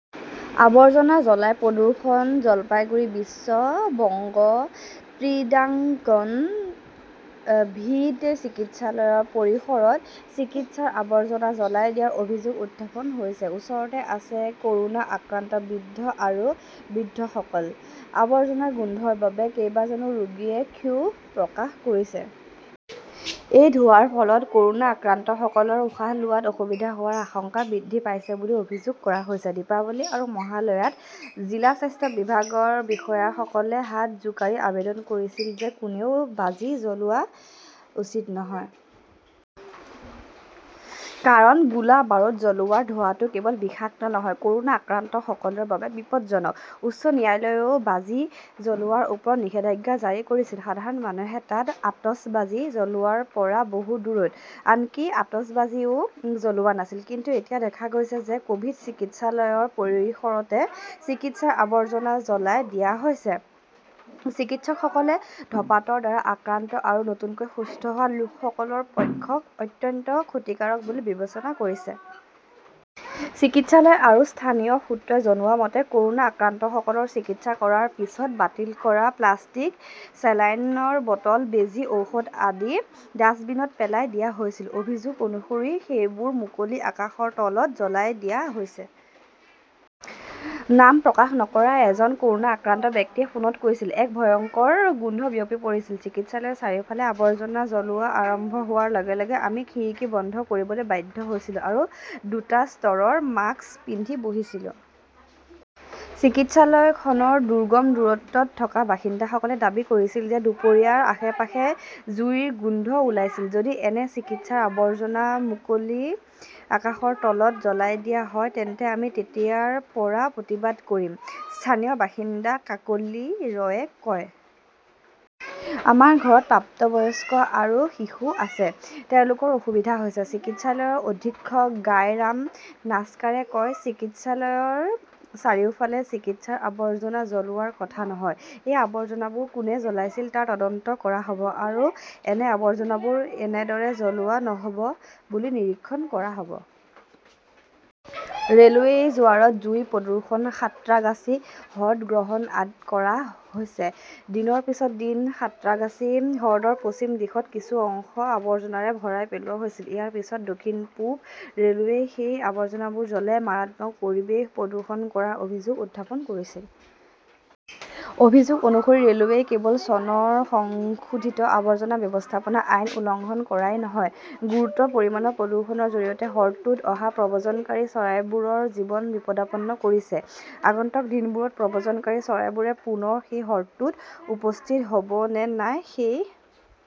"। আৱৰ্জনা জ্বলাই প্ৰদূষণ জলপাইগুৰি বিশ্ব বংগ ক্ৰিডাঙ্গনৰ ক "ভিড চিকিৎসালয়ৰ পৰিসৰত চিকিৎসাৰ আৱৰ্জনা জ্বলাই দিয়াৰ অভিযোগ উত্থাপন হৈছে। ওচৰতে আছে ক "ৰোনা আক্ৰান্ত বৃদ্ধ আৰু বৃদ্ধসকল। আৱৰ্জনাৰ গোন্ধৰ বাবে কেইবাজনো ৰোগীয়ে ক্ষোভ প্ৰকাশ কৰিছে। এই ধোঁৱাৰ ফলত ক "ৰোনা আক্ৰান্তসকলৰ উশাহ লোৱাত অসুবিধা হোৱাৰ আশংকা বৃদ্ধি পাইছে বুলি অভিযোগ কৰা হৈছে। দীপাৱলী আৰু মহালয়াত জিলা স্বাস্থ্য বিভাগৰ বিষয়াসকলে হাত জোকাৰি আবেদন কৰিছিল যে কোনেও বাজি জ্বলোৱা উচিত নহয়। কাৰণ গোলা-বাৰুদ জ্বলোৱাৰ ধোঁৱাটো কেৱল বিষাক্ত নহয়, ক "ৰোনা আক্ৰান্তসকলৰ বাবে বিপজ্জনক। উচ্চ ন্যায়ালয়েও বাজি জ্বলোৱাৰ ওপৰত নিষেধাজ্ঞা জাৰি কৰিছিল। সাধাৰণ মানুহে তাত আতচবাজী জ্বলোৱাৰ পৰা বহু দূৰৈত, আনকি আতচবাজীও জ্বলোৱা নাছিল। কিন্তু এতিয়া দেখা গৈছে যে ক "ভিড চিকিৎসালয়ৰ পৰিসৰতে চিকিৎসাৰ আৱৰ্জনা জ্বলাই দিয়া হৈছে, চিকিৎসকসকলে ধঁপাতৰ দ্বাৰা আক্ৰান্ত আৰু নতুনকৈ সুস্থ হোৱা লোকসকলৰ পক্ষক অত্যন্ত ক্ষতিকাৰক বুলি বিবেচনা কৰিছে। চিকিৎসালয় আৰু স্থানীয় সূত্ৰই জনোৱা মতে, ক "ৰোনা আক্ৰান্তসকলৰ চিকিৎসা কৰাৰ পিছত বাতিল কৰা প্লাষ্টিক, চেলাইনৰ বটল, বেজী, ঔষধ আদি ডাস্টবিনত পেলাই দিয়া হৈছিল। অভিযোগ অনুসৰি সেইবোৰ মুকলি আকাশৰ তলত জ্বলাই দিয়া হৈছে। নাম প্ৰকাশ নকৰা এজন ক "ৰোনা আক্ৰান্ত ব্যক্তিয়ে ফোনত কৈছিল", এক ভয়ংকৰ গোন্ধ বিয়পি পৰিছিল। চিকিৎসালয়ৰ চাৰিওফালে আৱৰ্জনা জ্বলোৱা আৰম্ভ হোৱাৰ লগে লগে আমি খিৰিকী বন্ধ কৰিবলৈ বাধ্য হৈছিলো আৰু দুটা স্তৰৰ মাস্ক পিন্ধি বহিছিলোঁ। "চিকিৎসালয়খনৰ দুৰ্গম দূৰত্বত থকা বাসিন্দাসকলে দাবী কৰিছিল যে দুপৰীয়াৰ আশে-পাশে জুইৰ গোন্ধ ওলাইছিল। "যদি এনে চিকিৎসাৰ আৱৰ্জনা মুকলি আকাশৰ তলত জ্বলাই দিয়া হয় তেন্তে আমি তেতিয়াৰ পৰা প্ৰতিবাদ কৰিম", স্থানীয় বাসিন্দা কাকলী ৰয়ে কয়। আমাৰ ঘৰত প্ৰাপ্তবয়স্ক আৰু শিশু আছে। তেওঁলোকৰ অসুবিধা হৈছে। "চিকিৎসালয়ৰ অধীক্ষক গায়ৰাম নাছকাৰে কয়", "চিকিৎসালয়ৰ চাৰিওফালে চিকিৎসাৰ আৱৰ্জনা জ্বলোৱাৰ কথা নহয়। " এই আৱৰ্জনাবোৰ কোনে জ্বলাইছিল তাৰ তদন্ত কৰা হ "ব আৰু এনে আৱৰ্জনাবোৰ এনেদৰে জ্বলোৱা নহ" ব বুলি নিৰীক্ষণ কৰা হ "ব। "। ৰে 'লৱেৰ জোৱাৰত জুই, প্ৰদূষণ-সাঁত্ৰাগাছি হ্ৰদ গ্ৰহণ কৰা হৈছে দিনৰ পিছত দিন, সাঁত্ৰাগাছী হ্ৰদৰ পশ্চিম দিশৰ কিছু অংশ আবৰ্জনাৰে ভৰাই পেলোৱা হৈছিল। ইয়াৰ পিছত দক্ষিণ-পূব ৰে "লৱেই সেই আৱৰ্জনাবোৰ জ্বলাই মাৰাত্মক পৰিৱেশ প্ৰদূষণ কৰাৰ অভিযোগ উত্থাপন কৰিছিল। অভিযোগ অনুসৰি ৰে "লৱেই কেৱল চনৰ সংশোধিত আৱৰ্জনা ব্যৱস্থাপনা আইন উলংঘন কৰাই নহয়, গুৰুতৰ পৰিমাণৰ প্ৰদূষণৰ জৰিয়তে হ্ৰদটোত অহা প্ৰব্ৰজনকাৰী চৰাইবোৰৰ জীৱন বিপদাপন্ন কৰিছে। আগন্তুক দিনবোৰত প্ৰব্ৰজনকাৰী চৰাইবোৰে পুনৰ সেই হ্ৰদটোত উপস্থিত হ "ব নে নাই সেই